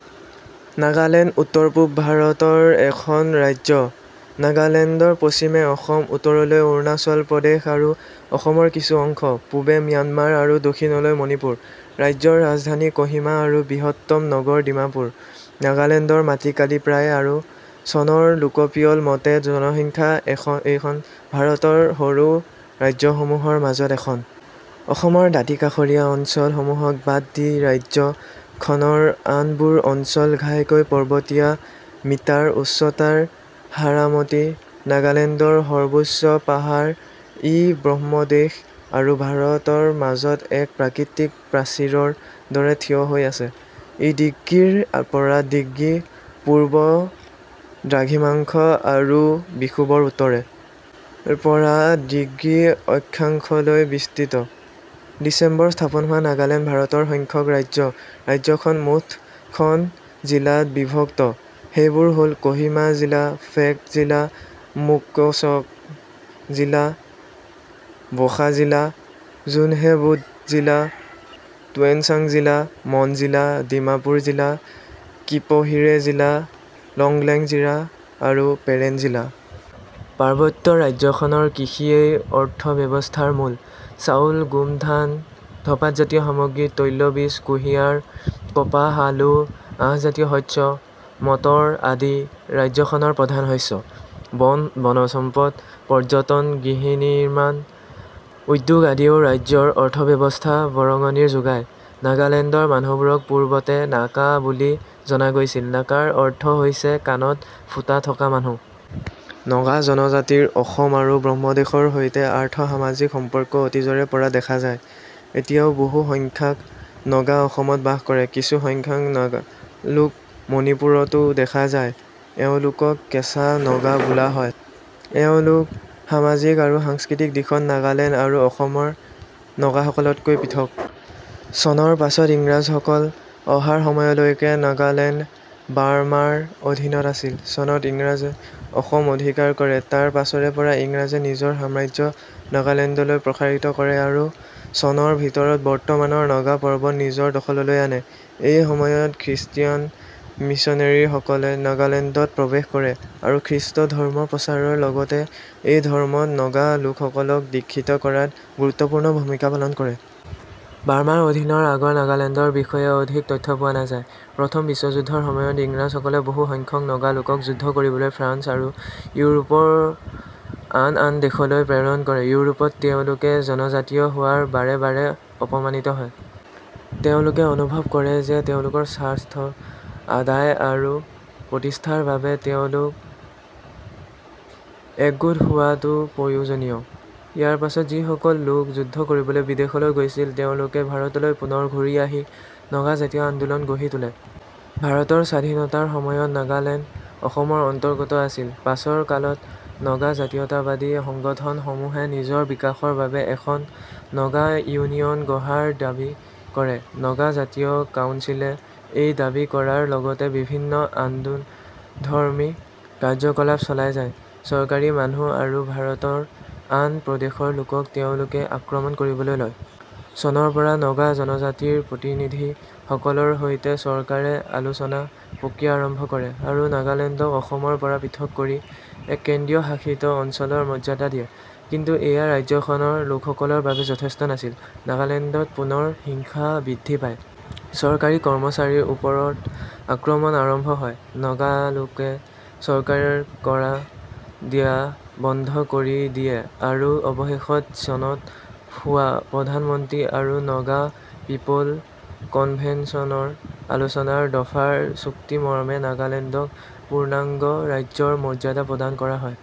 নাগালেণ্ড উত্তৰ-পূব ভাৰত ৰ এখন ৰাজ্য। নাগালেণ্ডৰ পশ্চিমে অসম, উত্তৰলৈ অৰুণাচল প্ৰদেশ আৰু অসমৰ কিছু অংশ, পূৱে ম্যানমাৰ আৰু দক্ষিণলৈ মণিপুৰ। ৰাজ্যৰ ৰাজধানী ক'হিমা, আৰু বৃহত্তম নগৰ ডিমাপুৰ, নাগালেণ্ডৰ মাটিকালি প্ৰায় আৰু চনৰ লোকপিয়ল মতে জনসংখ্যা, এইখন ভাৰত ৰ সৰু ৰাজ্যসমূহৰ মাজত এখন। অসমৰ দাঁতিকাষৰীয়া অঞ্চল সমূহক বাদ দি ৰাজ্য খনৰ আনবোৰ অঞ্চল ঘাইকৈ পৰ্বতীয়া, মিটাৰ ঊচ্চতাৰ সাৰামতি নাগালেণ্ডৰ সৰ্বোচ্চ পাহাৰ, ই ব্ৰহ্মদেশ আৰু ভাৰতৰ মাজত এক প্ৰাকৃতিক প্ৰাচীৰৰ দৰে থিয় হৈ আছে। ই ডিগ্ৰীৰ পৰা ডিগ্ৰী পূৰ্ব দ্ৰাঘিমাংশ আৰু বিষুৱ ৰ উত্তৰে. ৰ পৰা ডিগ্ৰী অক্ষাংশলৈ বিস্তৃত। ডিচেম্বৰ স্থাপন হোৱা নাগালেণ্ড ভাৰতৰ সংখ্যক ৰাজ্য, ৰাজ্যখন মুঠ খন জিলাত বিভক্ত, সেইবোৰ হ'ল: ক'হিমা জিলা, ফেক জিলা, মুককচাং জিলা, ৱ'খা জিলা, জুনহেবুট' জিলা, টুৱেনচাং জিলা, মন জিলা, ডিমাপুৰ জিলা, কিপহিৰে জিলা, লংগ্লেং জিলা আৰু পেৰেণ জিলা. পাৰ্বত্য ৰাজ্যখনৰ কৃষিয়েই অৰ্থব্যৱস্থাৰ মূল। চাউল, গোমধান, ধপাতজাতীয় সামগ্ৰী, তৈলবীজ, কুহিঁয়াৰ, কপাহ, আলু, আহঁজাতীয় শস্য, মতৰ আদি ৰাজ্যখনৰ প্ৰধান শস্য। বনজ সম্পদ, পৰ্যটন, গৃহনিৰ্মাণ ঊদ্যোগ আদিয়েও ৰাজ্যৰ অৰ্থব্যৱস্থা বৰঙণি যোগাই। নাগালেণ্ডৰ মানুহবোৰক পূৰ্বতে নাকা বুলি জনা গৈছিল, নাকাৰ অৰ্থ হৈছে কাণত ফুটা থকা মানুহ। নগা জনজাতিৰ অসম আৰু ব্ৰহ্মদেশৰ সৈতে আৰ্থ-সামাজিক সম্পৰ্ক অতীজৰে পৰা দেখা যায়। এতিয়াও বহু সংখ্যাক নগা অসমত বাস কৰে, কিছু সংখ্যাক নগালোক মণিপুৰ তো দেখা যায়, এওঁলোকক কেঁচা নগা বোলা হয়, এওঁলোক সামাজিক আৰু সাংস্কৃতিক দিশত নাগালেণ্ড আৰু অসমৰ নগাসকলতকৈ পৃথক। চনৰ পাছত ইংৰাজসকল অহাৰ সময়লৈকে নগালেণ্ড বাৰ্মাৰ অধীনত আছিল, চনত ইংৰাজে অসম অধিকাৰ কৰে, তাৰ পাছৰে পৰা ইংৰাজে নিজৰ সাম্ৰাজ্য নাগালেণ্ডলৈ প্ৰসাৰিত কৰে আৰু চনৰ ভিতৰত বৰ্তমানৰ নগা পৰ্বত নিজৰ দখললৈ আনে, এই সময়ত খৃষ্টিয়ান মিচনেৰী সকলে নগালেণ্ডত প্ৰৱেশ কৰে আৰু খ্ৰীষ্ট ধৰ্ম প্ৰচাৰৰ লগতে এই ধৰ্মত নগা লোকসকলক দীক্ষিত কৰাত গুৰুত্বপূৰ্ণ ভূমিকা পালন কৰে। বাৰ্মাৰ অধীনৰ আগৰ নাগালেণ্ডৰ বিষয়ে অধিক তথ্য পোৱা নাযায়। প্ৰথম বিশ্বযুদ্ধৰ সময়ত ইংৰাজসকলে বহু সংখ্যক নগা লোকক যুদ্ধ কৰিবলৈ ফ্ৰান্স আৰু ইউৰোপৰ আন আন দেশলৈ প্ৰেৰণ কৰে, ইউৰোপত তেওঁলোকে জনজাতীয় হোৱাৰ বাৰে বাৰে অপমানিত হয়। তেওঁলোকে অনুভৱ কৰে যে তেওঁলোকৰ স্বাৰ্থ আদায় আৰু প্ৰতিষ্ঠাৰ বাবে তেওঁলোক একগোট হোৱাটো প্ৰয়োজনীয়। ইয়াৰ পাছত যি সকল লোক যুদ্ধ কৰিবলৈ বিদেশলৈ গৈছিল তেওঁলোকে ভাৰতলৈ পুনৰ ঘূৰি আহি নগা জাতীয় আন্দোলন গঢ়ি তোলে। ভাৰতৰ স্বাধীনতাৰ সময়ত নাগালেণ্ড অসমৰ অন্তৰ্গত আছিল, পাছৰ কালত নগা জাতীয়তাবাদী সংগঠন সমূহে নিজৰ বিকাশৰ বাবে এখন নগা ইউনিয়ন গঢ়াৰ দাবী কৰে, নগা জাতীয় কাউঞ্চিলে এই দাবী কৰাৰ লগতে বিভিন্ন আন্দোনধৰ্মী কাৰ্যকলাপ চলাই যায়, চৰকাৰী মানুহ আৰু ভাৰতৰ আন প্ৰদেশৰ লোকক তেওঁলোকে আক্ৰমণ কৰিবলৈ লয়। চনৰ পৰা নগা জনজাতীৰ প্ৰতিনিধি সকলৰ সৈতে চৰকাৰে আলোচনা প্ৰক্ৰিয়া আৰম্ভ কৰে, আৰু নাগালেণ্ডক অসমৰ পৰা পৃথক কৰি এক কেন্দ্ৰীয় শাসিত অঞ্চলৰ মৰ্যাদা দিয়ে, কিন্তু এয়া ৰাজ্যখনৰ লোকসকলৰ বাবে যথেষ্ট নাছিল। নাগালেণ্ডত পুনৰ হিংসা বৃদ্ধি পায়। চৰকাৰী কৰ্মচাৰীৰ ওপৰত আক্ৰমণ আৰম্ভ হয়। নগালোকে চৰকাৰী কৰ দিয়া বন্ধ কৰি দিয়ে আৰু অৱশেষত চনত হোৱা প্ৰধানমন্ত্ৰী আৰু নাগা পিপ'ল কনভেনচনৰ আলোচনাৰ দফাৰ চুক্তি মৰ্মে নাগালেণ্ডক পূৰ্ণাংগ ৰাজ্যৰ মৰ্যাদা প্ৰদান কৰা হয়।।